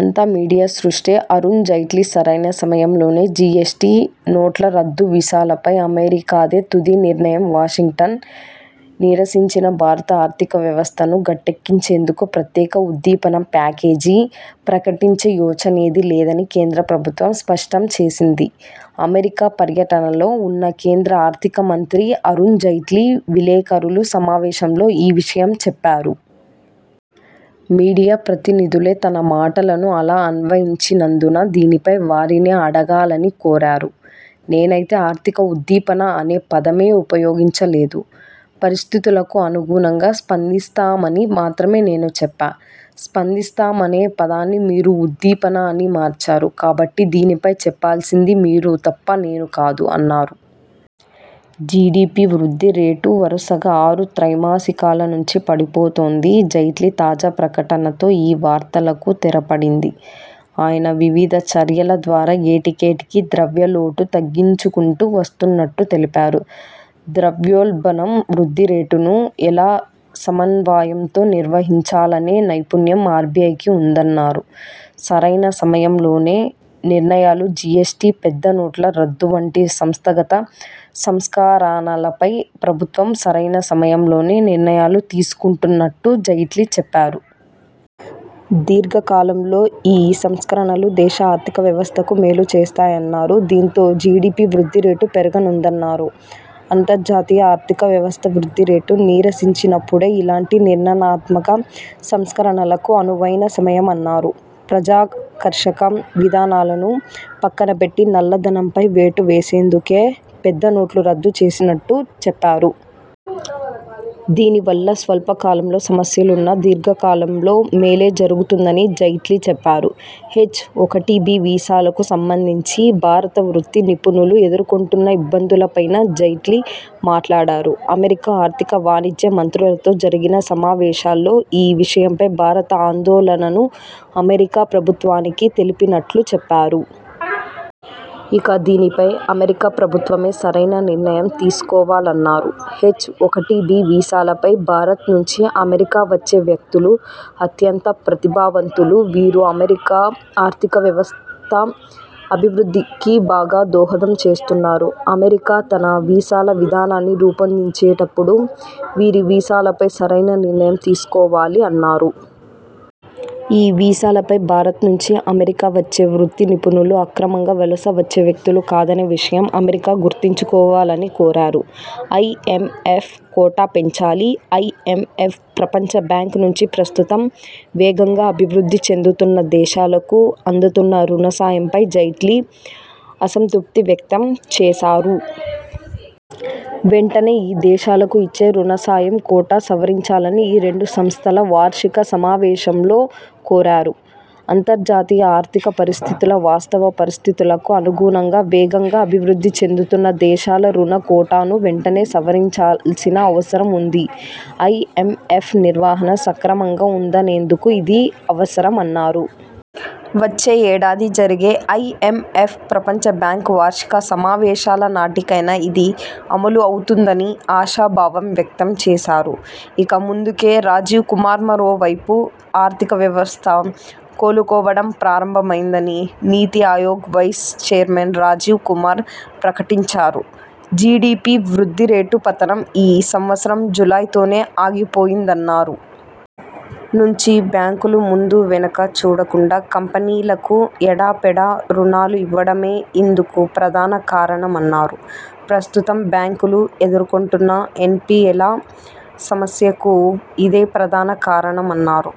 అంతా మీడియా సృష్టే: అరుణ్ జైట్లీసరైన సమయంలోనే జిఎస్టి, నోట్ల రద్దువీసాలపై అమెరికాదే తుది నిర్ణయంవాషింగ్టన్: నీరసించిన భారత ఆర్థిక వ్యవస్థను గట్టెక్కించేందుకు ప్రత్యేక ఉద్దీపన ప్యాకేజీ ప్రకటించే యోచనేదీ లేదని కేంద్ర ప్రభుత్వం స్పష్టం చేసింది. అమెరికా పర్యటనలో ఉన్న కేంద్ర ఆర్థిక మంత్రి అరుణ్ జైట్లీ విలేకరులు సమావేశంలో ఈ విషయం చెప్పారు. మీడియా ప్రతినిధులే తన మాటలను అలా అన్వయించినందున దీనిపై వారినే అడగాలని కోరారు. 'నేనైతే ఆర్థిక ఉద్దీపన అనే పదమే ఉపయోగించలేదు. పరిస్థితులకు అనుగుణంగా స్పందిస్తామని మాత్రమే నేను చెప్పా. స్పందిస్తామనే పదాన్ని మీరే ఉద్దీపన అని మార్చారు. కాబట్టి దీనిపై చెప్పాల్సిందే మీరు తప్ప నేను కాదు' అన్నారు. జిడిపి వృద్ధి రేటు వరసగా ఆరు త్రైమాసికాల నుంచి పడిపోతోంది. జైట్లీ తాజా ప్రకటనతో ఈ వార్తలకు తెరపడింది. అయినా వివిధ చర్యల ద్వారా ఏటికేటికి ద్రవ్య లోటు తగ్గించుకుంటూ వస్తున్నట్టు తెలిపారు. ద్రవ్యోల్బణం-వృద్ధి రేటును ఎలా సమన్వయంతో నిర్వహించాలనే నైపుణ్యం ఆర్బిఐకి ఉందన్నారు. సరైన సమయంలోనే నిర్ణయాలుజిఎస్టి, పెద్ద నోట్ల రద్దువంటి సంస్థాగత సంస్కరణలపై ప్రభుత్వం సరైన సమయంలోనే నిర్ణయాలు తీసుకున్నట్టు జైట్లీ చెప్పారు. దీర్ఘకాలంలో ఈ సంస్కరణలు దేశ ఆర్థిక వ్యవస్థకు మేలు చేస్తాయన్నారు. దీంతో జిడిపి వృద్ధి రేటూ పెరగనుందన్నారు. అంతర్జాతీయ ఆర్థిక వ్యవస్థ వృద్ధి రేటు నీరసించినపుడే ఇలాంటి నిర్నాణాత్మక సంస్కరణలకు అనువైన సమయమన్నారు. ప్రజాకర్షక విధానాలను పక్కన పెట్టి నల్ల ధనంపై వేటు వేసేందుకే పెద్ద నోట్లు రద్దు చేసినట్టు చెప్పారు. దీని వల్ల స్వల్ప కాలంలో సమస్యలున్నా దీర్ఘ కాలంలో మేలే జరుగుతుందని జైట్లీ చెప్పారు. హెచ్-ఒకటి బి వీసాలకు సంబంధించి భారత వృత్తి నిపుణులు ఎదుర్కొంటున్న ఇబ్బందులపైనా జైట్లీ మాట్లాడారు. అమెరికా ఆర్థిక, వాణిజ్య మంత్రులతో జరిగిన సమావేశాల్లో ఈ విషయంపై భారత ఆందోళనను అమెరికా ప్రభుత్వానికి తెలిపినట్టు చెప్పారు. ఇక దీనిపై అమెరికా ప్రభుత్వమే సరైన నిర్ణయం తీసుకోవాలన్నారు. హెచ్-ఒకటి బి వీసాలపై భారత్ నుంచి అమెరికా వచ్చే వ్యక్తులు అత్యంత ప్రతిభావంతులు. వీరు అమెరికా ఆర్థిక వ్యవస్థ అభివృద్ధికీ బాగా దోహదం చేస్తున్నారు. అమెరికా తన వీసాల విధానాన్ని రూపొందించేటపుడు వీరి వీసాలపై సరైన నిర్ణయం తీసుకోవాలి' అన్నారు. ఈ వీసాలపై భారత్ నుంచి అమెరికా వచ్చే వృత్తి నిపుణులు అక్రమంగా వలస వచ్చే వ్యక్తులు కాదనే విషయం అమెరికా గుర్తుంచుకోవాలని కోరారు. ఐఎంఎఫ్ కోటా పెంచాలి ఐఎంఎఫ్, ప్రపంచ బ్యాంక్ నుంచి ప్రస్తుతం వేగంగా అభివృద్ధి చెందుతున్న దేశాలకు అందుతున్న రుణ సాయంపై జైట్లీ అసంతృప్తి వ్యక్తం చేశారు. వెంటనే ఈ దేశాలకు ఇచ్చే రుణ సాయం కోటా సవరించాలని ఈ రెండు సంస్థల వార్షిక సమావేశంలో కోరారు. 'అంతర్జాతీయ ఆర్థిక పరిస్థితుల వాస్తవ పరిస్థితులకు అనుగుణంగా వేగంగా అభివృద్ధి చెందుతున్న దేశాల రుణ కోటాను వెంటనే సవరించాల్సిన అవసరం ఉంది. ఐఎంఎఫ్ నిర్వహణ సక్రమంగా ఉందనేందుకూ ఇది అవసరం' అన్నారు. వచ్చే ఏడాది జరిగే ఐఎంఎఫ్, ప్రపంచ బ్యాంక్ వార్షిక సమావేశాల నాటికైనా ఇది అమలవుతుందని ఆశాభావం వ్యక్తం చేశారు. ఇక ముందుకే: రాజీవ్ కుమార్మరోవైపు ఆర్థిక వ్యవస్థ కోలుకోవడం ప్రారంభమైందని నీతి ఆయోగ్ వైస్ చైర్మన్ రాజీవ్ కుమార్ ప్రకటించారు. జిడిపి వృద్ధి రేటు పతనం ఈ సంవత్సరం జూలైతోనే ఆగిపోయిందన్నారు. నుంచి బ్యాంకులు ముందు వెనకా చూడకుండా కంపెనీలకు ఎడాపెడా రుణాలు ఇవ్వడమే ఇందుకు ప్రధాన కారణమన్నారు. ప్రస్తుతం బ్యాంకులు ఎదుర్కొంటున్న ఎన్పిఎల సమస్యకూ ఇదే ప్రధాన కారణమన్నారు.